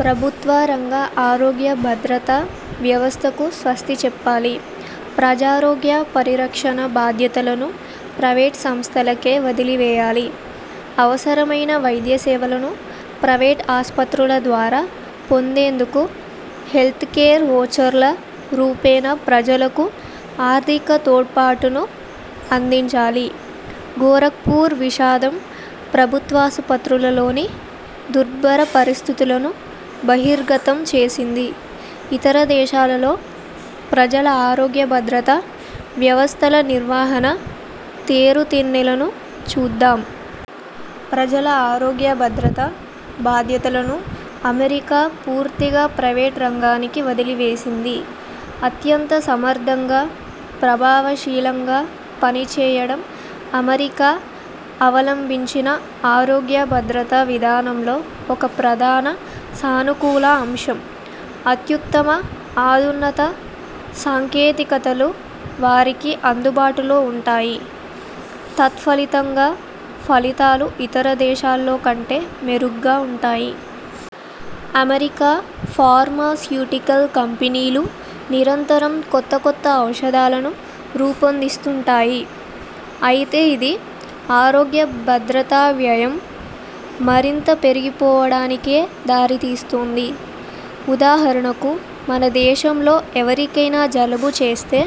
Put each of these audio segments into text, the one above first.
ప్రభుత్వ రంగ ఆరోగ్య భద్రతా వ్యవస్థకు స్వస్తిచెప్పాలి. ప్రజారోగ్య పరిరక్షణ బాధ్యతలను ప్రైవేట్ సంస్థలకే వదిలివేయాలి. అవసరమైన వైద్యసేవలను ప్రైవేట్ ఆస్పత్రుల ద్వారా పొందేందుకు హెల్త్కేర్ ఓచర్ల రూపేణా ప్రజలకు ఆర్థిక తోడ్పాటును అందించాలి. గోరఖ్పూర్ విషాదం ప్రభుత్వాసుపత్రులలోని దుర్భర పరిస్థితులను బహిర్గతం చేసింది. ఇతర దేశాలలో ప్రజల ఆరోగ్య భద్రతా వ్యవస్థల నిర్వహణ తీరుతెన్నులను చూద్దాం. ప్రజల ఆరోగ్య భద్రతా బాధ్యతలను అమెరికా పూర్తిగా ప్రైవేట్ రంగానికి వదిలివేసింది. అత్యంత సమర్థంగా, ప్రభావశీలంగా పనిచేయడం అమెరికా అవలంభించిన ఆరోగ్య భద్రతా విధానంలో ఒక ప్రధాన సానుకూల అంశం. అత్యుత్తమ, అధునాతన సాంకేతికతలు వారికి అందుబాటులో వుంటాయి. తత్ఫలితంగా ఫలితాలూ ఇతర దేశాల్లో కంటే మెరుగ్గా వుంటాయి. అమెరికా ఫార్మాస్యూటికల్ కంపెనీలు నిరంతరం కొత్త కొత్త ఔషధాలను రూపొందిస్తుంటాయి. అయితే ఇది, ఆరోగ్య భద్రతా వ్యయం మరింత పెరిగిపోవడానికే దారితీస్తోంది. ఉదాహరణకు మన దేశంలో ఎవరికైనా జలుబు చేస్తే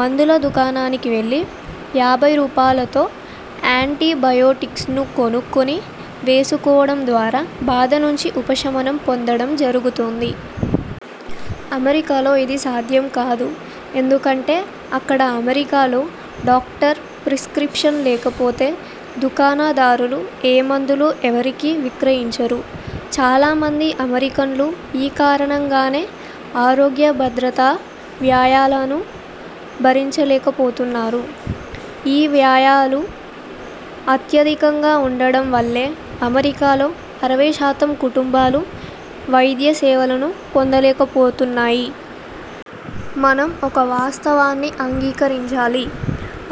మందుల దుకాణానికి వెళ్ళి యాభై రూపాయలతో యాన్టీ బయోటిక్స్ను కొనుక్కొని వేసుకోవడం ద్వారా బాధ నుంచి ఉపశమనం పొందడం జరుగుతోంది. అమెరికాలో ఇది సాధ్యంకాదు. ఎందుకంటే అక్కడ అమెరికాలో డాక్టర్ ప్రిస్క్రిప్షన్ లేకపోతే దుకాణదారులు ఏ మందులూ ఎవరికీ విక్రయించరు. చాలా మంది అమెరికన్లు ఈ కారణంగానే ఆరోగ్య భద్రతా వ్యయాలను భరించలేకపోతున్నారు. ఈ వ్యయాలు అత్యధికంగా ఉండడం వల్లే అమెరికాలో అరవై శాతం కుటుంబాలు వైద్యసేవలను పొందలేకపోతున్నాయి. మనం ఒక వాస్తవాన్ని అంగీకరించాలి.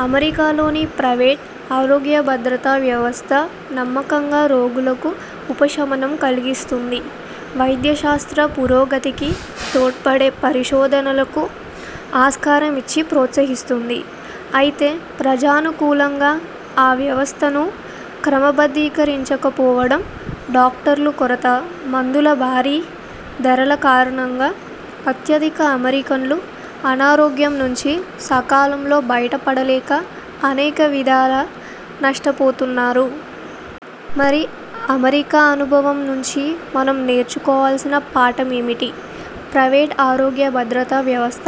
అమెరికాలోని ప్రైవేట్ ఆరోగ్యభద్రతా వ్యవస్థ నమ్మకంగా రోగులకు ఉపశమనం కల్గిస్తుంది. వైద్యశాస్త్ర పురోగతికి తోడ్పడే పరిశోధనలకు ఆస్కారమిచ్చి ప్రోత్సహిస్తుంది. అయితే ప్రజానుకూలంగా ఆ వ్యవస్థను క్రమబద్ధీకరించకపోవడం, డాక్టర్ల కొరత, మందుల భారీ ధరల కారణంగా అత్యధిక అమెరికన్లు అనారోగ్యం నుంచి సకాలంలో బయటపడలేక అనేక విధాల నష్టపోతున్నారు. మరి అమెరికా అనుభవం నుంచి మనం నేర్చుకోవల్సిన పాఠమేమిటి? ప్రైవేట్ ఆరోగ్య భద్రతా వ్యవస్థ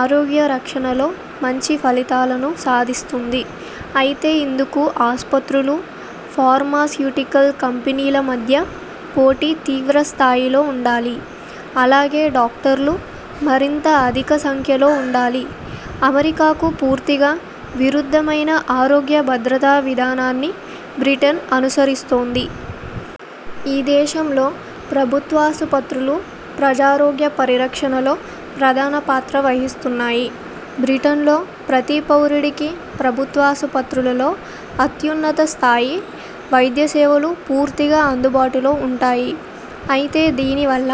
ఆరోగ్యరక్షణలో మంచిఫలితాలను సాధిస్తుంది. అయితే ఇందుకు ఆస్పత్రులు, ఫార్మాస్యూటికల్ కంపెనీల మధ్య పోటీ తీవ్రస్థాయిలో వుండాలి. అలాగే డాక్టర్లు మరింత అధిక సంఖ్యలో వుండాలి. అమెరికాకు పూర్తిగా విరుద్ధమైన ఆరోగ్యభద్రతా విధానాన్ని బ్రిటన్ అనుసరిస్తోంది. ఈ దేశంలో ప్రభుత్వాసుపత్రులు ప్రజారోగ్య పరిరక్షణలో ప్రధానపాత్ర వహిస్తున్నాయి. బ్రిటన్లో ప్రతి పౌరుడికీ ప్రభుత్వాసుపత్రులలో అత్యున్నత స్థాయి వైద్యసేవలు పూర్తిగా అందుబాటులో వుంటాయి. అయితే దీనివల్ల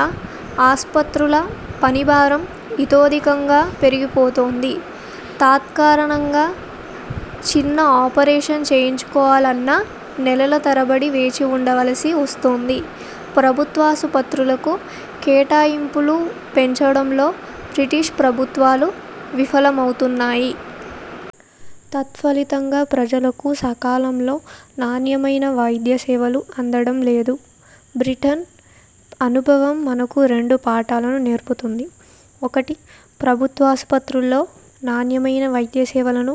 ఆస్పత్రుల పనిభారం ఇతోధికంగా పెరిగిపోతోంది. తత్కారణంగా చిన్న ఆపరేషన్ చేయించుకోవాలన్నా నెలల తరబడి వేచివుండవలసి వస్తోంది. ప్రభుత్వాసుపత్రులకు కేటాయింపులు పెంచడంలో బ్రిటిష్ ప్రభుత్వాలు విఫలమవుతున్నాయి. తత్ఫలితంగా ప్రజలకు సకాలంలో నాణ్యమైన వైద్యసేవలు అందడం లేదు. బ్రిటన్ అనుభవం మనకు రెండు పాఠాలను నేర్పుతుంది. ఒకటి ప్రభుత్వాసుపత్రుల్లో నాణ్యమైన వైద్యసేవలను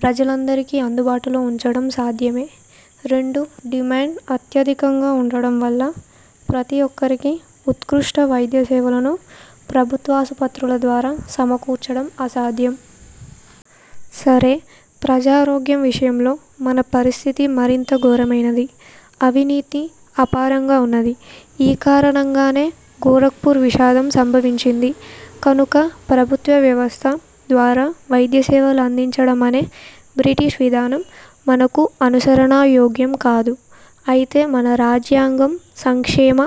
ప్రజలందరికీ అందుబాటులో ఉంచడం సాధ్యమే. రెండు డిమాండ్ అత్యధికంగా ఉండడం వల్ల ప్రతి ఒక్కరికీ ఉత్కృష్ట వైద్య సేవలను ప్రభుత్వాసుపత్రుల ద్వారా సమకూర్చడం అసాధ్యం. సరే, ప్రజారోగ్యం విషయంలో మన పరిస్థితి మరింత ఘోరమైనది. అవినీతి అపారంగా ఉన్నది. ఈ కారణంగానే గోరఖ్పూర్ విషాదం సంభవించింది. కనుక ప్రభుత్వ వ్యవస్థ ద్వారా వైద్యసేవలందించడమనే బ్రిటిష్ విధానం మనకు అనుసరణయోగ్యం కాదు. అయితే మన రాజ్యాంగం సంక్షేమ